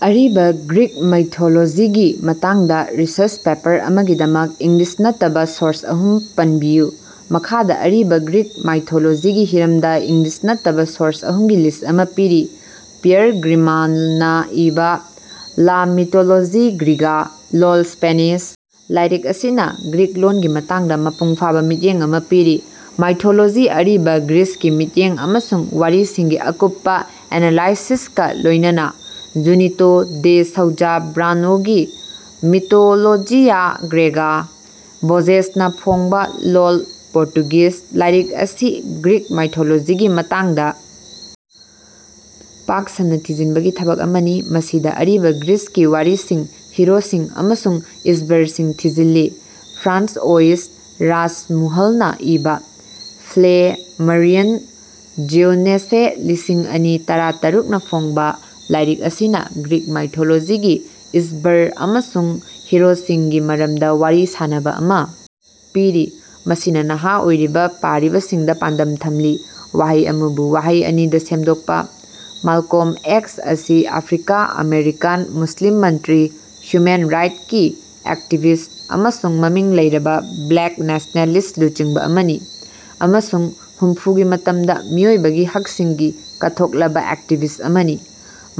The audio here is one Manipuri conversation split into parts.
ꯑꯔꯤꯕꯥ ꯒ꯭ꯔꯤꯛ ꯃꯥꯏꯊꯣꯂꯣꯖꯤꯒꯤ ꯃꯇꯥꯡꯗ ꯔꯤꯁꯔꯁ ꯄꯦꯄꯔ ꯑꯃꯒꯤꯗꯃꯛ ꯏꯪꯂꯤꯁ ꯅꯠꯇꯕꯥ ꯁꯣꯔꯁ ꯑꯍꯨꯝ ꯄꯟꯕꯤꯌꯨ꯫ ꯃꯈꯥꯗ ꯑꯔꯤꯕꯥ ꯒ꯭ꯔꯤꯛ ꯃꯥꯏꯊꯣꯂꯣꯖꯤꯒꯤ ꯍꯤꯔꯝꯗꯥ ꯏꯪꯂꯤꯁ ꯅꯠꯇꯕꯥ ꯁꯣꯔꯁ ꯑꯍꯨꯝꯒꯤ ꯂꯤꯁ ꯑꯃ ꯄꯤꯔꯤ: ꯄꯤꯌꯔ ꯒ꯭ꯔꯤꯃꯥꯜꯅꯥ ꯏꯕꯥ "ꯂꯥ ꯃꯤꯇꯣꯂꯣꯖꯤ ꯒ꯭ꯔꯤꯒꯥ" ( ꯂꯣꯜ: ꯁ꯭ꯄꯦꯅꯤꯁ) ꯂꯥꯏꯔꯤꯛ ꯑꯁꯤꯅꯥ ꯒ꯭ꯔꯤꯛ ꯂꯣꯟꯒꯤ ꯃꯇꯥꯡꯗ ꯃꯄꯨꯡꯐꯥꯕ ꯃꯤꯠꯌꯦꯡ ꯑꯃ ꯄꯤꯔꯤ꯫ ꯃꯥꯏꯊꯣꯂꯣꯖꯤ, ꯑꯔꯤꯕꯥ ꯒ꯭ꯔꯤꯁꯀꯤ ꯃꯤꯠꯌꯦꯡ ꯑꯃꯁꯨꯡ ꯋꯥꯔꯤꯁꯤꯡꯒꯤ ꯑꯀꯨꯞꯄꯥ ꯑꯦꯅꯥꯂꯥꯏꯁꯤꯁꯀꯥ ꯂꯣꯏꯅꯅꯥ꯫ ꯖꯨꯅꯤꯇꯣ ꯗꯦ ꯁꯧꯖꯥ ꯕ꯭ꯔꯥꯟꯗꯑꯣꯒꯤ "ꯃꯤꯇꯣꯂꯣꯖꯤꯌꯥ ꯒ꯭ꯔꯦꯒꯥ", (ꯚꯣꯖꯦꯁꯅꯥ ꯐꯣꯡꯕꯥ, ꯂꯣꯜ: ꯄꯣꯔꯇꯨꯒꯤꯖ) ꯂꯥꯏꯔꯤꯛ ꯑꯁꯤ ꯒ꯭ꯔꯤꯛ ꯃꯥꯏꯊꯣꯂꯣꯖꯤꯒꯤ ꯃꯇꯥꯡꯗ ꯄꯥꯛ ꯁꯟꯅꯥ ꯊꯤꯖꯤꯟꯕꯒꯤ ꯊꯕꯛ ꯑꯃꯅꯤ, ꯃꯁꯤꯗꯥ ꯑꯔꯤꯕꯥ ꯒ꯭ꯔꯤꯁꯀꯤ ꯋꯥꯔꯤꯁꯤꯡ, ꯍꯤꯔꯣꯁꯤꯡ ꯑꯃꯁꯨꯡ ꯏꯁ꯭ꯕꯔꯁꯤꯡ ꯊꯤꯖꯤꯜꯂꯤ꯫ ꯐ꯭ꯔꯥꯟꯁꯑꯣꯏꯁ ꯔꯥꯁꯃꯨꯍꯜꯅꯥ ꯏꯕꯥ (ꯐ꯭ꯂꯦꯃꯔꯤꯌꯟ ꯖꯦꯎꯅꯦꯁꯦ, ꯂꯤꯁꯤꯡ ꯑꯅꯤ ꯇꯔꯥꯇꯔꯨꯛꯅꯥ ꯐꯣꯡꯕꯥ) ꯂꯥꯏꯔꯤꯛ ꯑꯁꯤꯅꯥ ꯒ꯭ꯔꯤꯛ ꯃꯥꯏꯊꯣꯂꯣꯖꯤꯒꯤ ꯏꯁ꯭ꯕꯔ ꯑꯃꯁꯨꯡ ꯍꯤꯔꯣꯁꯤꯡꯒꯤ ꯃꯔꯝꯗꯥ ꯋꯥꯔꯤ ꯁꯥꯅꯕꯥ ꯑꯃꯥ ꯄꯤꯔꯤ, ꯃꯁꯤꯅꯥ ꯅꯍꯥ ꯑꯣꯏꯔꯤꯕꯥ ꯄꯥꯔꯤꯕꯁꯤꯡꯗꯥ ꯄꯥꯟꯗꯝ ꯊꯝꯂꯤ꯫ ꯋꯥꯍꯩ ꯑꯃꯕꯨ ꯋꯥꯍꯩ ꯑꯅꯤꯗꯥ ꯁꯦꯝꯗꯣꯛꯄꯥ꯫ ꯃꯥꯜꯀꯣꯝ ꯑꯦꯛꯁ ꯑꯁꯤ ꯑꯐ꯭ꯔꯤꯀꯥ-ꯑꯥꯃꯦꯔꯤꯀꯥꯟ ꯃꯨꯁꯂꯤꯝ ꯃꯟꯇ꯭ꯔꯤ, ꯍ꯭ꯌꯨꯃꯦꯟ ꯔꯥꯏꯠꯁꯀꯤ ꯑꯦꯛꯇꯤꯕꯤꯁ ꯑꯃꯁꯨꯡ ꯃꯃꯤꯡ ꯂꯩꯔꯕꯥ ꯕ꯭ꯂꯦꯛ ꯅꯦꯁ꯭ꯅꯦꯂꯤꯁ꯭ꯠ ꯂꯨꯆꯤꯡꯕꯥ ꯑꯃꯅꯤ ꯑꯃꯁꯨꯡ ꯍꯨꯝꯐꯨꯒꯤ ꯃꯇꯝꯗꯥ ꯃꯤꯑꯣꯏꯕꯒꯤ ꯍꯛꯁꯤꯡꯒꯤ ꯀꯠꯊꯣꯛꯂꯕꯥ ꯑꯦꯛꯇꯤꯕꯤꯁ ꯑꯃꯅꯤ꯫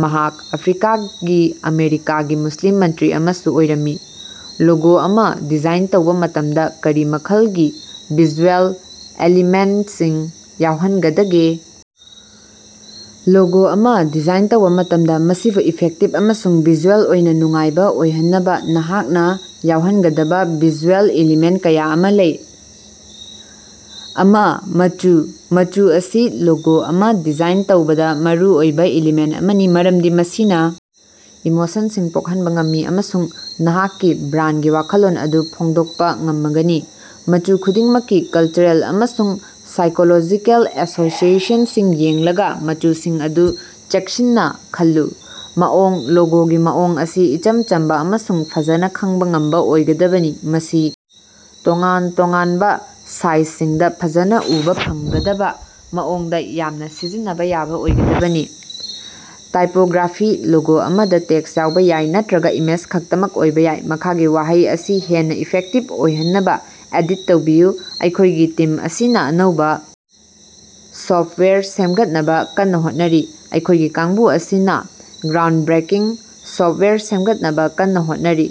ꯃꯍꯥꯛ ꯑꯐ꯭ꯔꯤꯀꯥꯒꯤ ꯑꯃꯦꯔꯤꯀꯥꯒꯤ ꯃꯨꯁꯂꯤꯝ ꯃꯟꯇ꯭ꯔꯤ ꯑꯃꯁꯨ ꯑꯣꯏꯔꯝꯃꯤ꯫ ꯂꯣꯒꯣ ꯑꯃ ꯗꯤꯖꯥꯏꯟ ꯇꯧꯕ ꯃꯇꯝꯗꯥ ꯀꯔꯤ ꯃꯈꯜꯒꯤ ꯚꯤꯖꯨꯑꯦꯜ ꯑꯦꯂꯤꯃꯦꯟꯁꯤꯡ ꯌꯥꯎꯍꯟꯒꯗꯒꯦ? ꯂꯣꯒꯣ ꯑꯃ ꯗꯤꯖꯥꯏꯟ ꯇꯧꯕ ꯃꯇꯝꯗꯥ, ꯃꯁꯤꯕꯨ ꯏꯐꯦꯛꯇꯤꯕ ꯑꯃꯁꯨꯡ ꯚꯤꯖꯨꯑꯦꯜ ꯑꯣꯏꯅ ꯅꯨꯡꯉꯥꯏꯕꯥ ꯑꯣꯏꯍꯟꯅꯕꯥ ꯅꯍꯥꯛꯅꯥ ꯌꯥꯎꯍꯟꯒꯗꯕꯥ ꯚꯤꯖꯨꯑꯦꯜ ꯏꯂꯤꯃꯦꯟ ꯀꯌꯥ ꯑꯃꯥ ꯂꯩ: ꯑꯃ. ꯃꯆꯨ: ꯃꯆꯨ ꯑꯁꯤ ꯂꯣꯒꯣ ꯑꯃ ꯗꯤꯖꯥꯏꯟ ꯇꯧꯕꯗꯥ ꯃꯔꯨ ꯑꯣꯏꯕ ꯏꯂꯤꯃꯦꯟ ꯑꯃꯅꯤ ꯃꯔꯝꯗꯤ ꯃꯁꯤꯅ ꯏꯃꯣꯁꯟꯁꯤꯡ ꯄꯣꯛꯍꯟꯕꯥ ꯉꯝꯃꯤ ꯑꯃꯁꯨꯡ ꯅꯍꯥꯛꯀꯤ ꯕ꯭ꯔꯥꯟꯒꯤ ꯋꯥꯈꯜꯂꯣꯟ ꯑꯗꯨ ꯐꯣꯡꯗꯣꯛꯄꯥ ꯉꯝꯃꯒꯅꯤ꯫ ꯃꯆꯨ ꯈꯨꯗꯤꯡꯃꯛꯀꯤ ꯀꯜꯆꯔꯦꯜ ꯑꯃꯁꯨꯡ ꯁꯥꯏꯀꯣꯂꯣꯖꯤꯀꯦꯜ ꯑꯦꯁꯣꯁꯤꯑꯦꯁꯟꯁꯤꯡ ꯌꯦꯡꯂꯒꯥ ꯃꯆꯨꯁꯤꯡ ꯑꯗꯨ ꯆꯦꯛꯁꯤꯟꯅꯥ ꯈꯜꯂꯨ꯫ ꯃꯑꯣꯡ: ꯂꯣꯒꯣꯒꯤ ꯃꯑꯣꯡ ꯑꯁꯤ ꯏꯆꯝ ꯆꯝꯕꯥ ꯑꯃꯁꯨꯡ ꯐꯖꯅꯥ ꯈꯪꯕꯥ ꯉꯝꯕꯥ ꯑꯣꯏꯒꯗꯕꯅꯤ꯫ ꯃꯁꯤ ꯇꯣꯉꯥꯟ-ꯇꯣꯉꯥꯟꯕꯥ ꯁꯥꯏꯖꯁꯤꯡꯗꯥ ꯐꯖꯅꯥ ꯎꯕꯥ ꯐꯪꯒꯗꯕꯥ ꯃꯑꯣꯡꯗꯥ ꯌꯥꯝꯅ ꯁꯤꯖꯤꯟꯅꯕ ꯌꯥꯕ ꯑꯣꯏꯒꯗꯕꯅꯤ꯫ ꯇꯥꯏꯄꯣꯒ꯭ꯔꯥꯐꯤ: ꯂꯣꯒꯣ ꯑꯃꯗꯥ ꯇꯦꯛꯁ ꯌꯥꯎꯕꯥ ꯌꯥꯏ ꯅꯠꯇ꯭ꯔꯒꯥ ꯏꯃꯦꯖ ꯈꯛꯇꯃꯛ ꯑꯣꯏꯕ ꯌꯥꯏ꯫ ꯃꯈꯥꯒꯤ ꯋꯥꯍꯩ ꯑꯁꯤ ꯍꯦꯟꯅꯥ ꯏꯐꯦꯛꯇꯤꯕ ꯑꯣꯏꯍꯟꯅꯕꯥ ꯑꯦꯗꯤꯠ ꯇꯧꯕꯤꯌꯨ: "ꯑꯩꯈꯣꯏꯒꯤ ꯇꯤꯝ ꯑꯁꯤꯅꯥ ꯑꯅꯧꯕꯥ ꯁꯣꯐꯋꯦꯌꯔ ꯁꯦꯝꯒꯠꯅꯕꯥ ꯀꯟꯅꯥ ꯍꯣꯠꯅꯔꯤ꯫" ꯑꯩꯈꯣꯏꯒꯤ ꯀꯥꯡꯕꯨ ꯑꯁꯤꯅꯥ ꯒ꯭ꯔꯥꯎꯟꯕ꯭ꯔꯦꯀꯤꯡ ꯁꯣꯐꯋꯦꯌꯔ ꯁꯦꯝꯒꯠꯅꯕꯥ ꯀꯟꯅꯥ ꯍꯣꯠꯅꯔꯤ꯫